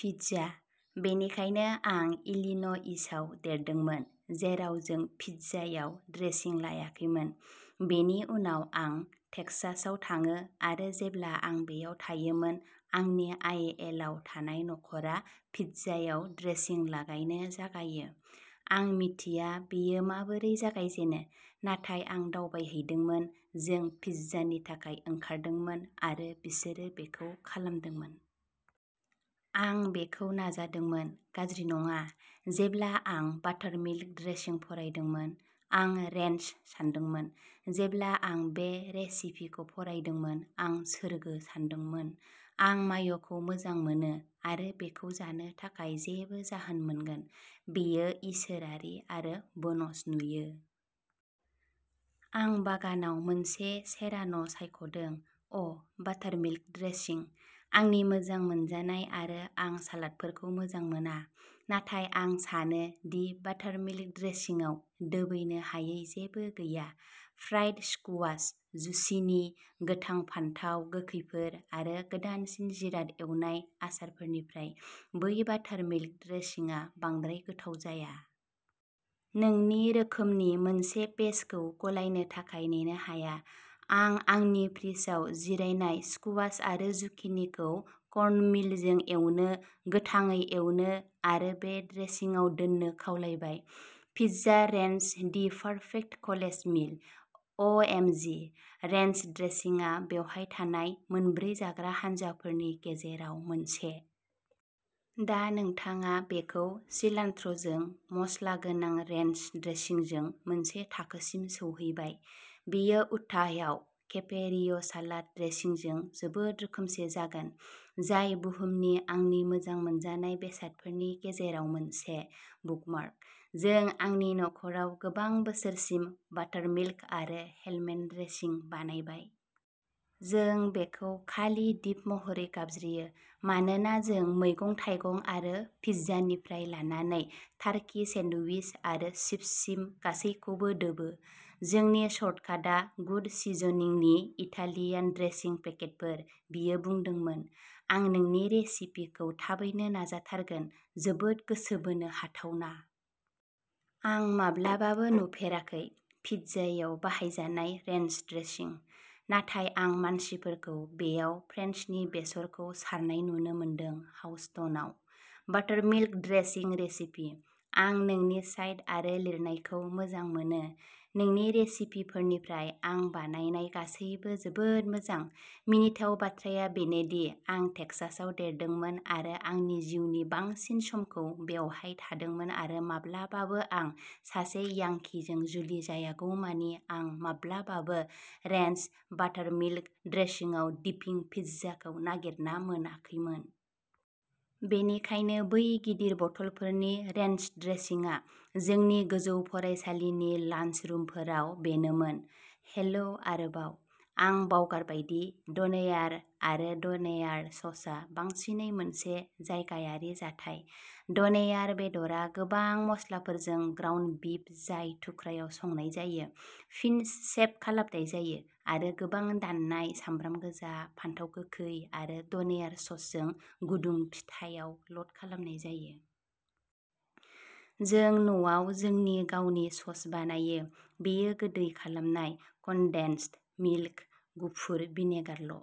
Pizza. बेनिखायनो, आं इलिन'इसआव देरदोंमोन, जेराव जों पिज्जायाव ड्रेसिं लायाखैमोन। बेनि उनाव, आं टेक्सासआव थाङो आरो जेब्ला आं बेयाव थायोमोन, आंनि आइएलआव थानाय नखरा पिज्जायाव ड्रेसिं लागायनो जागायो। आं मिथिया बेयो माबोरै जागायजेनो, नाथाय आं दावबायहैदोंमोन, जों पिज्जानि थाखाय ओंखारदोंमोन, आरो बिसोरो बेखौ खालामदोंमोन। आं बेखौ नाजादोंमोन। गाज्रि नङा! जेब्ला आं "बाटारमिल्क ड्रेसिं" फरायदोंमोन, आं "रेन्च" सानदोंमोन। जेब्ला आं बे रेसिपिखौ फरायदोंमोन, आं "सोरगो" सानदोंमोन। आं माय'खौ मोजां मोनो आरो बेखौ जानो थाखाय जेबो जाहोन मोनगोन। बेयो इसोरारि आरो बोनस नुयो आं बागानाव मोनसे सेरान'सायख'दों! अ ', बाटारमिल्क ड्रेसिं! आंनि मोजां मोनजानाय आरो आं सालादफोरखौ मोजां मोना! नाथाय आं सानो दि बाटारमिल्क ड्रेसिंआव दोबैनो हायै जेबो गैया, फ्राइड स्कुवाश, जुचिनी, गोथां फानथाव गोखैफोर, आरो गोदानसिन जिराद-एवनाय आसारफोरनिफ्राय, बै बाटारमिल्क ड्रेसिंआ बांद्राय गोथाव जाया। नोंनि रोखोमनि मोनसे बेचखौ गलायनो थाखाय नेनो हाया। आं आंनि फ्रिजआव जिरायनाय स्कुवाश आरो जुकिनिखौ कर्नमीलजों एवनो, गोथाङै एवनो आरो बे ड्रेसिंआव दोन्नो खावलायबाय! Pizza ranch the perfect college meal! अएमजि। Ranch ड्रेसिंआ बेवहाय थानाय मोनब्रै जाग्रा हानजाफोरनि गेजेराव मोनसे। दा नोंथाङा बेखौ सिलान्ट्र'जों मस्ला गोनां रेन्च ड्रेसिंजों मोनसे थाखोसिम सौहैबाय। बेयो उटाहआव केफे रिय'सालाद ड्रेसिंजों जोबोद रोखोमसे जागोन, जाय बुहुमनि आंनि मोजां मोनजानाय बेसादफोरनि गेजेराव मोनसे। बुकमार्क! जों आंनि नख'राव गोबां बोसोरसिम बाटारमिल्क आरो हेलमेन ड्रेसिं बानायबाय। जों बेखौ खालि "डिप" महरै गाबज्रियो मानोना जों मैगं-थाइगं आरो पिज्जानिफ्राय लानानै टार्कि सेन्डविच आरो चिप्ससिम गासैबोखौ दोबो। जोंनि शर्टकाटआ गुड सिजनिंनि इटालियान ड्रेसिं पेकेटफोर। बियो बुंदोंमोन, आं नोंनि रेसिपिखौ थाबैनो नाजाथारगोन! जोबोद गोसो बोनो हाथावना! आं माब्लाबाबो नुफेराखै। पिज्जायाव बाहायजानाय रेन्च ड्रेसिं, नाथाय आं मानसिफोरखौ बेयाव फ्रेन्सनि बेसरखौ सारनाय नुनो मोनदों-हाउस्टनआव! Buttermilk dressing recipe. आं नोंनि साइट आरो लिरनायखौ मोजां मोनो-नोंनि रेसिपिफोरनिफ्राय आं बानायनाय गासैबो जोबोद मोजां! मिनिथाव बाथ्राया बेनो दि आं टेक्सासआव देरदोंमोन आरो आंनि जिउनि बांसिन समखौ बेवहाय थादोंमोन आरो माब्लाबाबो आं सासे यांकीजों जुलि जायागौमानि आं माब्लाबाबो रेन्च/बाटारमिल्क ड्रेसिंआव डिपिं पिज्जाखौ नागिरना मोनाखैमोन। बेनिखायनो बै गिदिर बथलफोरनि रेन्च ड्रेसिंआ जोंनि गोजौ फरायसालिनि लान्सरुमफोराव बेनोमोन! हेलौ आरोबाव आं बावगारबाय दि डनेयार आरो डनेयार ससआ बांसिनै मोनसे जायगायारि जाथाय। डनेयार बेदरआ गोबां मस्लाफोरजों ग्राउन्ड बीफ जाय थुख्रायाव संनाय जायो, फिन शेभ खालामनाय जायो आरो गोबां दाननाय सामब्राम गोजा, फानथाव गोखै आरो डनेयार ससजों गुदुं पिटायाव ल'ड खालामनाय जायो। जों न'आव जोंनि गावनि सस बानायो-बेयो गोदै खालामनाय कन्डेन्सड मिल्क, गुफुर भिनेगारल'।